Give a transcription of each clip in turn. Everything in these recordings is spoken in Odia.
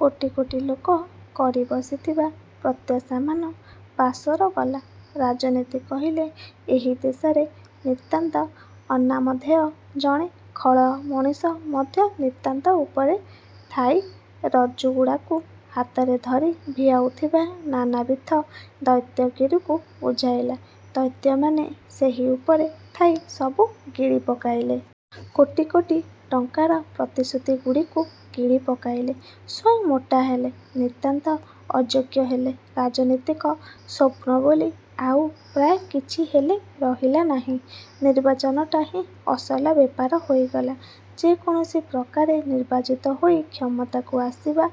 କୋଟି କୋଟି ଲୋକ କରି ବସିଥିବା ପ୍ରତ୍ୟାଶାମାନ ପାସୋର ଗଲା। ରାଜନୀତି କହିଲେ ଏହି ଦେଶରେ ନିତାନ୍ତ ଅନାମଧେୟ ଜଣେ ଖଳ ମଣିଷ ମଧ୍ୟ ନିତାନ୍ତ ଉପରେ ଥାଇ ରଜ୍ଜୁଗୁଡ଼ାକୁ ହାତରେ ଧରି ଭିଆଉଥିବା ନାନାବିଧ ଦୈତ୍ୟଗିରିକୁ ବୁଝାଇଲା। ଦୈତ୍ୟମାନେ ସେହି ଉପରେ ଥାଇ ସବୁ ଗିଳି ପକାଇଲେ। କୋଟି କୋଟି ଟଙ୍କାର ପ୍ରତିଶ୍ରୁତିଗୁଡ଼ିକୁ ଗିଳି ପକାଇଲେ, ସ୍ଵୟଂ ମୋଟା ହେଲେ, ନିତାନ୍ତ ଅଯୋଗ୍ୟ ହେଲେ। ରାଜନୀତିକ ସ୍ୱପ୍ନ ବୋଲି ଆଉ ପ୍ରାୟ କିଛି ହେଲେ ରହିଲା ନାହିଁ। ନିର୍ବାଚନଟା ହିଁ ଅସଲ ବେପାର ହୋଇଗଲା। ଯେକୌଣସି ପ୍ରକାରେ ନିର୍ବାଚିତ ହୋଇ କ୍ଷମତାକୁ ଆସିବା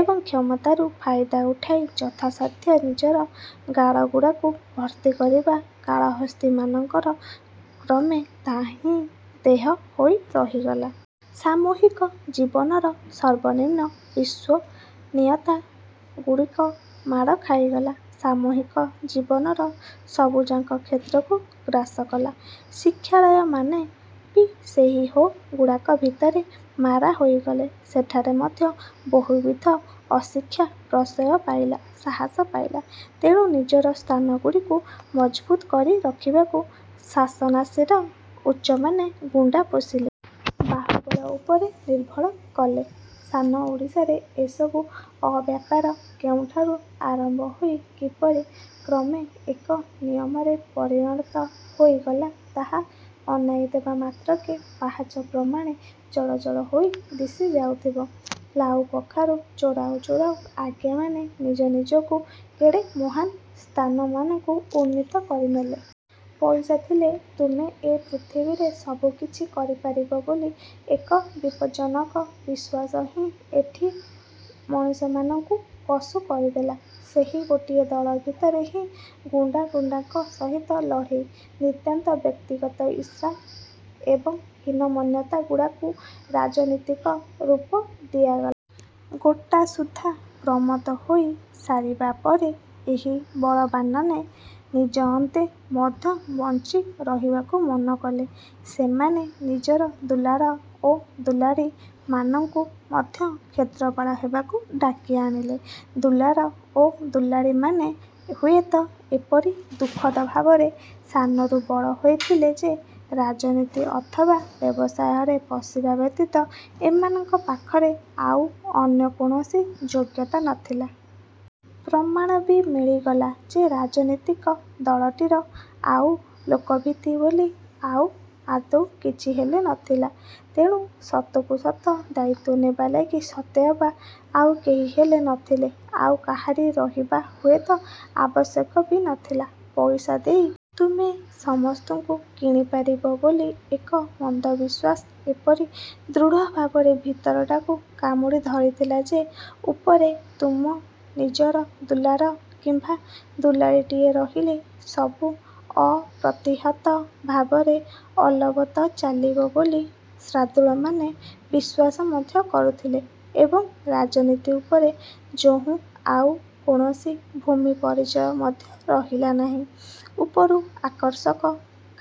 ଏବଂ କ୍ଷମତାରୁ ଫାଇଦା ଉଠାଇ ଯଥାସାଧ୍ୟ ନିଜର ଗାଡ଼ଗୁଡ଼ାକୁ ଭର୍ତ୍ତି କରିବା କାଳହସ୍ତୀ ମାନଙ୍କର କ୍ରମେ ତାହାହିଁ ଧ୍ୟେୟ ହୋଇ ରହିଗଲା। ସାମୂହିକ ଜୀବନର ସର୍ବନିମ୍ନ ବିଶ୍ୱସନୀୟତା ଗୁଡ଼ିକ ମାଡ଼ ଖାଇଗଲା, ସାମୂହିକ ଜୀବନର ସବୁଯାକ କ୍ଷେତ୍ରକୁ ଗ୍ରାସ କଲା। ଶିକ୍ଷାଳୟମାନେ ବି ସେହି ହୋ ଗୁଡ଼ାକ ଭିତରେ ମାରା ହୋଇଗଲେ। ସେଠାରେ ମଧ୍ୟ ବହୁବିଧ ଅଶିକ୍ଷା ପ୍ରଶ୍ରୟ ପାଇଲା, ସାହସ ପାଇଲା। ତେଣୁ, ନିଜର ସ୍ଥାନଗୁଡ଼ିକୁ ମଜବୁତ କରି ରଖିବାକୁ ଶାସନାସୀନ ଉଚ୍ଚମାନେ ଗୁଣ୍ଡା ପୋଷିଲେ। ବାହୁବଳ ଉପରେ ନିର୍ଭର କଲେ। ସାନ ଓଡ଼ିଶାରେ ଏସବୁ ଅବ୍ୟାପାର କେଉଁଠାରୁ ଆରମ୍ଭ ହୋଇ କିପରି କ୍ରମେ ଏକ ନିୟମରେ ପରିଣତ ହୋଇଗଲା ତାହା ଅନାଇଦେବା ମାତ୍ରକେ ପାହାଚ ପ୍ରମାଣେ ଜଳ ଜଳ ହୋଇ ଦିଶି ଯାଉଥିବ। ଲାଉ କଖାରୁ ଚୋରାଉ ଚୋରାଉ ଆଜ୍ଞାମାନେ ନିଜ ନିଜକୁ କେଡ଼େ ମହାନ୍ ସ୍ଥାନମାନଙ୍କୁ ଉନ୍ନୀତ କରିନେଲେ। ପଇସା ଥିଲେ ତୁମେ ଏ ପୃଥିବୀରେ ସବୁକିଛି କରିପାରିବ ବୋଲି ଏକ ବିପଜ୍ଜନକ ବିଶ୍ୱାସ ହିଁ ଏଠି ମଣିଷମାନଙ୍କୁ ପଶୁ କରିଦେଲା। ସେହି ଗୋଟିଏ ଦଳ ଭିତରେ ହିଁ ଗୁଣ୍ଡା ଗୁଣ୍ଡାଙ୍କ ସହିତ ଲଢ଼େଇ। ନିତାନ୍ତ ବ୍ୟକ୍ତିଗତ ଈର୍ଷା ଏବଂ ହୀନମନ୍ୟତା ଗୁଡ଼ାକୁ ରାଜନୀତିକ ରୂପ ଦିଆଗଲା। ଗୋଟାସୁଦ୍ଧା ପ୍ରମତ୍ତ ହୋଇ ସାରିବା ପରେ ଏହି ବଳବାନ୍ମାନେ ନିଜ ଅନ୍ତେ ମଧ୍ୟ ବଞ୍ଚି ରହିବାକୁ ମନ କଲେ। ସେମାନେ ନିଜର ଦୁଲାଳ ଓ ଦୁଲାଳୀ ମାନଙ୍କୁ ମଧ୍ୟ କ୍ଷେତ୍ରପାଳ ହେବାକୁ ଡାକି ଆଣିଲେ। ଦୁଲାଳ ଏବଂ ଦୁଲାଳୀମାନେ ହୁଏତ ଏପରି ଦୁଃଖଦ ଭାବରେ ସାନରୁ ବଡ଼ ହୋଇଥିଲେ ଯେ ରାଜନୀତି ଅଥବା ବ୍ୟବସାୟରେ ପଶିବା ବ୍ୟତୀତ ଏମାନଙ୍କ ପାଖରେ ଆଉ ଅନ୍ୟ କୌଣସି ଯୋଗ୍ୟତା ନଥିଲା। ପ୍ରମାଣ ବି ମିଳିଗଲା ଯେ ରାଜନୀତିକ ଦଳଟିର ଆଉ ଲୋକଭିତ୍ତି ବୋଲି ଆଉ ଆଦୌ କିଛି ହେଲେ ନଥିଲା। ତେଣୁ ସତକୁ ସତ ଦାୟିତ୍ୱ ନେବା ଲାଗି ସତେଅବା ଆଉ କେହିହେଲେ ନଥିଲେ, ଆଉ କାହାରି ରହିବା ହୁଏତ ଆବଶ୍ୟକ ବି ନଥିଲା। ପଇସା ଦେଇ ତୁମେ ସମସ୍ତଙ୍କୁ କିଣିପାରିବ ବୋଲି ଏକ ମନ୍ଦବିଶ୍ୱାସ ଏପରି ଦୃଢ଼ ଭାବରେ ଭିତରଟାକୁ କାମୁଡ଼ି ଧରିଥିଲା ଯେ, ଉପରେ ତୁମ ନିଜର ଦୁଲାଳ କିମ୍ବା ଦୁଲାଳୀଟିଏ ରହିଲେ ସବୁ ଅପ୍ରତିହତ ଭାବରେ ଅଲବତ ଚାଲିବ ବୋଲି ଶାର୍ଦ୍ଦୂଳମାନେ ବିଶ୍ୱାସ ମଧ୍ୟ କରୁଥିଲେ ଏବଂ ରାଜନୀତି ଉପରେ ଯହୁଁ ଆଉ କୌଣସି ଭୂମିପରିଚୟ ମଧ୍ୟ ରହିଲା ନାହିଁ, ଉପରୁ ଆକର୍ଷକ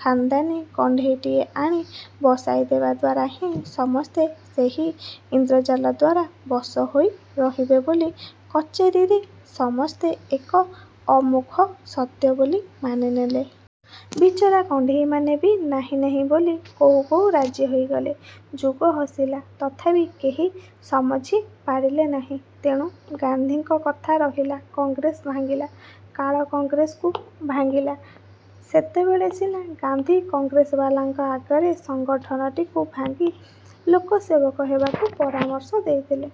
ଖାନଦାନୀ କଣ୍ଢେଇଟିଏ ଆଣି ବସାଇଦେବା ଦ୍ୱାରା ହିଁ ସମସ୍ତେ ସେହି ଇନ୍ଦ୍ରଜାଲ ଦ୍ୱାରା ବଶ ହୋଇ ରହିବେ ବୋଲି କଚେରୀରେ ସମସ୍ତେ ଏକ ଅମୋଘ ସତ୍ୟ ବୋଲି ମାନିନେଲେ। ବିଚରା କଣ୍ଢେଇମାନେ ବି ନାହିଁ ନାହିଁ ବୋଲି କହୁ କହୁ ରାଜି ହୋଇଗଲେ। ଯୁଗ ହସିଲା, ତଥାପି କେହି ସମଝି ପାରିଲେ ନାହିଁ। ତେଣୁ ଗାନ୍ଧୀଙ୍କ କଥା ରହିଲା, କଂଗ୍ରେସ ଭାଙ୍ଗିଲା। କାଳ କଂଗ୍ରେସକୁ ଭାଙ୍ଗିଲା। ସେତେବେଳେ ସିନା ଗାନ୍ଧୀ କଂଗ୍ରେସବାଲାଙ୍କ ଆଗରେ ସଙ୍ଗଠନଟିକୁ ଭାଙ୍ଗି ଲୋକସେବକ ହେବାକୁ ପରାମର୍ଶ ଦେଇଥିଲେ।